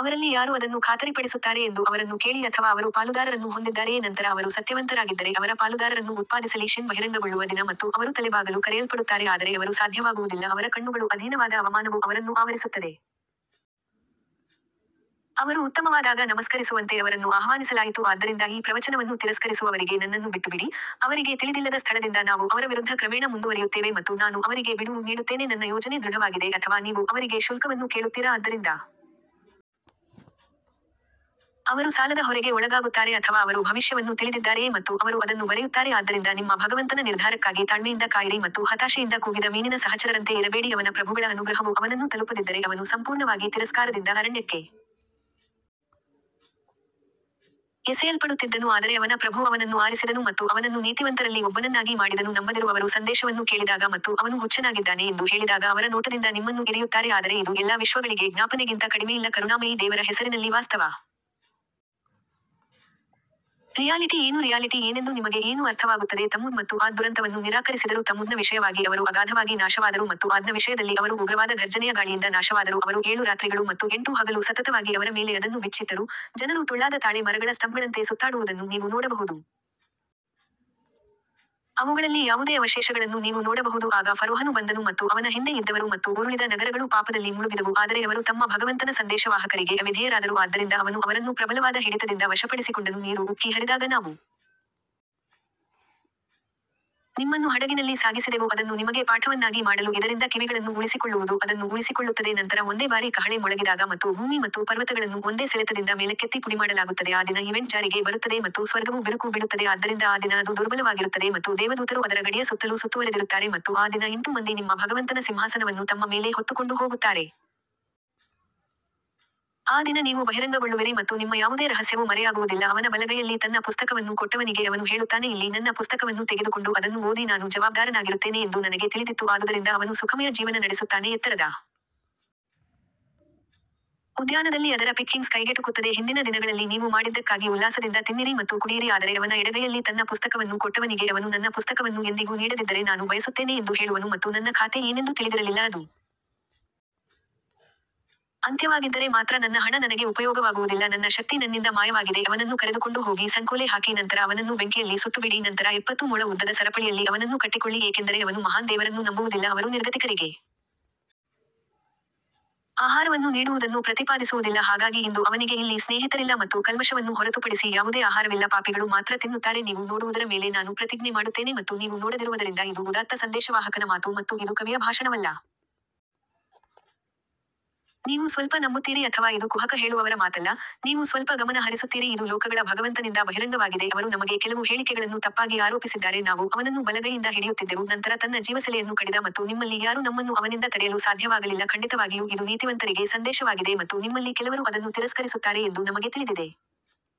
ಅವರಲ್ಲಿ ಯಾರು ಅದನ್ನು ಖಾತರಿಪಡಿಸುತ್ತಾರೆ ಎಂದು ಅವರನ್ನು ಕೇಳಿ ಅಥವಾ ಅವರು ಪಾಲುದಾರರನ್ನು ಹೊಂದಿದ್ದಾರೆಯೇ ನಂತರ ಅವರು ಸತ್ಯವಂತರಾಗಿದ್ದರೆ ಅವರ ಪಾಲುದಾರರನ್ನು ಉತ್ಪಾದಿಸಲಿ ಶಿನ್ ಬಹಿರಂಗಗೊಳ್ಳುವ ದಿನ ಮತ್ತು ಅವರು ತಲೆಬಾಗಲು ಕರೆಯಲ್ಪಡುತ್ತಾರೆ ಆದರೆ ಅವರು ಸಾಧ್ಯವಾಗುವುದಿಲ್ಲ ಅವರ ಕಣ್ಣುಗಳು ಅಧೀನವಾದ ಅವಮಾನವು ಅವರನ್ನು ಆವರಿಸುತ್ತದೆ, ಅವರು ಉತ್ತಮವಾದಾಗ ನಮಸ್ಕರಿಸುವಂತೆ ಅವರನ್ನು ಆಹ್ವಾನಿಸಲಾಯಿತು ಆದ್ದರಿಂದ ಈ ಪ್ರವಚನವನ್ನು ತಿರಸ್ಕರಿಸುವವರಿಗೆ ನನ್ನನ್ನು ಬಿಟ್ಟುಬಿಡಿ, ಅವರಿಗೆ ತಿಳಿದಿಲ್ಲದ ಸ್ಥಳದಿಂದ ನಾವು ಅವರ ವಿರುದ್ಧ ಕ್ರಮೇಣ ಮುಂದುವರಿಯುತ್ತೇವೆ ಮತ್ತು ನಾನು ಅವರಿಗೆ ಬಿಡುವು ನೀಡುತ್ತೇನೆ ನನ್ನ ಯೋಜನೆ ದೃಢವಾಗಿದೆ ಅಥವಾ ನೀವು ಅವರಿಗೆ ಶುಲ್ಕವನ್ನು ಕೇಳುತ್ತೀರಾ ಆದ್ದರಿಂದ ಅವರು ಸಾಲದ ಹೊರೆಗೆ ಒಳಗಾಗುತ್ತಾರೆ ಅಥವಾ ಅವರು ಭವಿಷ್ಯವನ್ನು ತಿಳಿದಿದ್ದಾರೆಯೇ ಮತ್ತು ಅವರು ಅದನ್ನು ಬರೆಯುತ್ತಾರೆ ಆದ್ದರಿಂದ ನಿಮ್ಮ ಭಗವಂತನ ನಿರ್ಧಾರಕ್ಕಾಗಿ ತಾಳ್ಮೆಯಿಂದ ಕಾಯಿರಿ ಮತ್ತು ಹತಾಶೆಯಿಂದ ಕೂಗಿದ ಮೀನಿನ ಸಹಚರರಂತೆ ಇರಬೇಡಿ ಅವನ ಪ್ರಭುಗಳ ಅನುಗ್ರಹವು ಅವನನ್ನು ತಲುಪದಿದ್ದರೆ ಅವನು ಸಂಪೂರ್ಣವಾಗಿ ತಿರಸ್ಕಾರದಿಂದ ಅರಣ್ಯಕ್ಕೆ ಎಸೆಯಲ್ಪಡುತ್ತಿದ್ದನು ಆದರೆ ಅವನ ಪ್ರಭು ಅವನನ್ನು ಆರಿಸಿದನು ಮತ್ತು ಅವನನ್ನು ನೀತಿವಂತರಲ್ಲಿ ಒಬ್ಬನನ್ನಾಗಿ ಮಾಡಿದನು ನಂಬದಿರುವವರು ಸಂದೇಶವನ್ನು ಕೇಳಿದಾಗ ಮತ್ತು ಅವನು ಹುಚ್ಚನಾಗಿದ್ದಾನೆ ಎಂದು ಹೇಳಿದಾಗ ಅವರ ನೋಟದಿಂದ ನಿಮ್ಮನ್ನು ಇರಿಯುತ್ತಾರೆ ಆದರೆ ಇದು ಎಲ್ಲಾ ವಿಶ್ವಗಳಿಗೆ ಜ್ಞಾಪನೆಗಿಂತ ಕಡಿಮೆಯಿಲ್ಲ ಕರುಣಾಮಯಿ ದೇವರ ಹೆಸರಿನಲ್ಲಿ ವಾಸ್ತವ ರಿಯಾಲಿಟಿ ಏನು ರಿಯಾಲಿಟಿ ಏನೆಂದು ನಿಮಗೆ ಏನು ಅರ್ಥವಾಗುತ್ತದೆ ತಮೂದ್ ಮತ್ತು ಆದ್ ದುರಂತವನ್ನು ನಿರಾಕರಿಸಿದರು ತಮೂದ್ನ ವಿಷಯವಾಗಿ ಅವರು ಅಗಾಧವಾಗಿ ನಾಶವಾದರು ಮತ್ತು ಆದ್ನ ವಿಷಯದಲ್ಲಿ ಅವರು ಉಗ್ರವಾದ ಘರ್ಜನೆಯ ಗಾಳಿಯಿಂದ ನಾಶವಾದರು ಅವರು ಏಳು ರಾತ್ರಿಗಳು ಮತ್ತು ಎಂಟು ಹಗಲು ಸತತವಾಗಿ ಅವರ ಮೇಲೆ ಅದನ್ನು ಬಿಚ್ಚಿಟ್ಟರು, ಜನರು ಟೊಳ್ಳಾದ ತಾಳೆ ಮರಗಳ ಸ್ಟಂಪ್ಗಳಂತೆ ಸುತ್ತಾಡುವುದನ್ನು ನೀವು ನೋಡಬಹುದು. ಅವುಗಳಲ್ಲಿ ಯಾವುದೇ ಅವಶೇಷಗಳನ್ನು ನೀವು ನೋಡಬಹುದು ಆಗ ಫರೋಹನು ಬಂದನು ಮತ್ತು ಅವನ ಹಿಂದೆ ಇದ್ದವರು ಮತ್ತು ಉರುಳಿದ ನಗರಗಳು ಪಾಪದಲ್ಲಿ ಮುಳುಗಿದವು ಆದರೆ ಅವರು ತಮ್ಮ ಭಗವಂತನ ಸಂದೇಶವಾಹಕರಿಗೆ ಅವಿಧೇಯರಾದರು ಆದ್ದರಿಂದ ಅವನು ಅವರನ್ನು ಪ್ರಬಲವಾದ ಹಿಡಿತದಿಂದ ವಶಪಡಿಸಿಕೊಂಡನು ನೀರು ಉಕ್ಕಿ ಹರಿದಾಗ ನಾವು ನಿಮ್ಮನ್ನು ಹಡಗಿನಲ್ಲಿ ಸಾಗಿಸಿದೆವು ಅದನ್ನು ನಿಮಗೆ ಪಾಠವನ್ನಾಗಿ ಮಾಡಲು ಇದರಿಂದ ಕಿವಿಗಳನ್ನು ಉಳಿಸಿಕೊಳ್ಳುವುದು ಅದನ್ನು ಉಳಿಸಿಕೊಳ್ಳುತ್ತದೆ ನಂತರ ಒಂದೇ ಬಾರಿ ಕಹಳೆ ಮೊಳಗಿದಾಗ ಮತ್ತು ಭೂಮಿ ಮತ್ತು ಪರ್ವತಗಳನ್ನು ಒಂದೇ ಸೆಳೆತದಿಂದ ಮೇಲಕ್ಕೆತ್ತಿ ಪುಡಿಮಾಡಲಾಗುತ್ತದೆ ಆ ದಿನ ಈವೆಂಟ್ ಜಾರಿಗೆ ಬರುತ್ತದೆ ಮತ್ತು ಸ್ವರ್ಗವು ಬಿರುಕು ಬಿಡುತ್ತದೆ ಆದ್ದರಿಂದ ಆ ದಿನ ಅದು ದುರ್ಬಲವಾಗಿರುತ್ತದೆ ಮತ್ತು ದೇವದೂತರು ಅದರ ಗಡಿಯ ಸುತ್ತಲೂ ಸುತ್ತುವರೆದಿರುತ್ತಾರೆ ಮತ್ತು ಆ ದಿನ ಎಂಟು ಮಂದಿ ನಿಮ್ಮ ಭಗವಂತನ ಸಿಂಹಾಸನವನ್ನು ತಮ್ಮ ಮೇಲೆ ಹೊತ್ತುಕೊಂಡು ಹೋಗುತ್ತಾರೆ. ಆ ದಿನ ನೀವು ಬಹಿರಂಗಗೊಳ್ಳುವಿರಿ ಮತ್ತು ನಿಮ್ಮ ಯಾವುದೇ ರಹಸ್ಯವು ಮರೆಯಾಗುವುದಿಲ್ಲ ಅವನ ಬಲಗೈಯಲ್ಲಿ ತನ್ನ ಪುಸ್ತಕವನ್ನು ಕೊಟ್ಟವನಿಗೆ ಅವನು ಹೇಳುತ್ತಾನೆ ಇಲ್ಲಿ ನನ್ನ ಪುಸ್ತಕವನ್ನು ತೆಗೆದುಕೊಂಡು ಅದನ್ನು ಓದಿ ನಾನು ಜವಾಬ್ದಾರನಾಗಿರುತ್ತೇನೆ ಎಂದು ನನಗೆ ತಿಳಿದಿತ್ತು ಆದುದರಿಂದ ಅವನು ಸುಖಮಯ ಜೀವನ ನಡೆಸುತ್ತಾನೆ ಎತ್ತರದ ಉದ್ಯಾನದಲ್ಲಿ ಅದರ ಪಿಕ್ಕಿಂಗ್ಸ್ ಕೈಗೆಟುಕುತ್ತದೆ ಹಿಂದಿನ ದಿನಗಳಲ್ಲಿ ನೀವು ಮಾಡಿದ್ದಕ್ಕಾಗಿ ಉಲ್ಲಾಸದಿಂದ ತಿನ್ನಿರಿ ಮತ್ತು ಕುಡಿಯಿರಿ ಆದರೆ ಅವನ ಎಡಗೈಯಲ್ಲಿ ತನ್ನ ಪುಸ್ತಕವನ್ನು ಕೊಟ್ಟವನಿಗೆ ಅವನು ನನ್ನ ಪುಸ್ತಕವನ್ನು ಎಂದಿಗೂ ನೀಡದಿದ್ದರೆ ನಾನು ಬಯಸುತ್ತೇನೆ ಎಂದು ಹೇಳುವನು ಮತ್ತು ನನ್ನ ಖಾತೆ ಏನೆಂದು ತಿಳಿದಿರಲಿಲ್ಲ ಅದು ಅಂತ್ಯವಾಗಿದ್ದರೆ ಮಾತ್ರ ನನ್ನ ಹಣ ನನಗೆ ಉಪಯೋಗವಾಗುವುದಿಲ್ಲ ನನ್ನ ಶಕ್ತಿ ನನ್ನಿಂದ ಮಾಯವಾಗಿದೆ ಅವನನ್ನು ಕರೆದುಕೊಂಡು ಹೋಗಿ ಸಂಕೋಲೆ ಹಾಕಿ ನಂತರ ಅವನನ್ನು ಬೆಂಕಿಯಲ್ಲಿ ಸುಟ್ಟುಬಿಡಿ ನಂತರ ಎಪ್ಪತ್ತು ಮೊಳ ಉದ್ದದ ಸರಪಳಿಯಲ್ಲಿ ಅವನನ್ನು ಕಟ್ಟಿಕೊಳ್ಳಿ ಏಕೆಂದರೆ ಅವನು ಮಹಾನ್ ದೇವರನ್ನು ನಂಬುವುದಿಲ್ಲ ಅವರು ನಿರ್ಗತಿಕರಿಗೆ ಆಹಾರವನ್ನು ನೀಡುವುದನ್ನು ಪ್ರತಿಪಾದಿಸುವುದಿಲ್ಲ ಹಾಗಾಗಿ ಇಂದು ಅವನಿಗೆ ಇಲ್ಲಿ ಸ್ನೇಹಿತರಿಲ್ಲ ಮತ್ತು ಕಲ್ಮಶವನ್ನು ಹೊರತುಪಡಿಸಿ ಯಾವುದೇ ಆಹಾರವಿಲ್ಲ ಪಾಪಿಗಳು ಮಾತ್ರ ತಿನ್ನುತ್ತಾರೆ ನೀವು ನೋಡುವುದರ ಮೇಲೆ ನಾನು ಪ್ರತಿಜ್ಞೆ ಮಾಡುತ್ತೇನೆ ಮತ್ತು ನೀವು ನೋಡದಿರುವದರಿಂದ ಇದು ಉದಾತ್ತ ಸಂದೇಶವಾಹಕನ ಮಾತು ಮತ್ತು ಇದು ಕವಿಯ ಭಾಷಣವಲ್ಲ, ನೀವು ಸ್ವಲ್ಪ ನಂಬುತ್ತೀರಿ ಅಥವಾ ಇದು ಕುಹಕ ಹೇಳುವವರ ಮಾತಲ್ಲ, ನೀವು ಸ್ವಲ್ಪ ಗಮನ ಹರಿಸುತ್ತೀರಿ ಇದು ಲೋಕಗಳ ಭಗವಂತನಿಂದ ಬಹಿರಂಗವಾಗಿದೆ ಅವರು ನಮಗೆ ಕೆಲವು ಹೇಳಿಕೆಗಳನ್ನು ತಪ್ಪಾಗಿ ಆರೋಪಿಸಿದ್ದಾರೆ ನಾವು ಅವನನ್ನು ಬಲಗೈಯಿಂದ ಹಿಡಿಯುತ್ತಿದ್ದೆವು ನಂತರ ತನ್ನ ಜೀವಸೆಲೆಯನ್ನು ಕಡಿದ ಮತ್ತು ನಿಮ್ಮಲ್ಲಿ ಯಾರೂ ನಮ್ಮನ್ನು ಅವನಿಂದ ತಡೆಯಲು ಸಾಧ್ಯವಾಗಲಿಲ್ಲ ಖಂಡಿತವಾಗಿಯೂ ಇದು ನೀತಿವಂತರಿಗೆ ಸಂದೇಶವಾಗಿದೆ ಮತ್ತು ನಿಮ್ಮಲ್ಲಿ ಕೆಲವರು ಅದನ್ನು ತಿರಸ್ಕರಿಸುತ್ತಾರೆ ಎಂದು ನಮಗೆ ತಿಳಿದಿದೆ.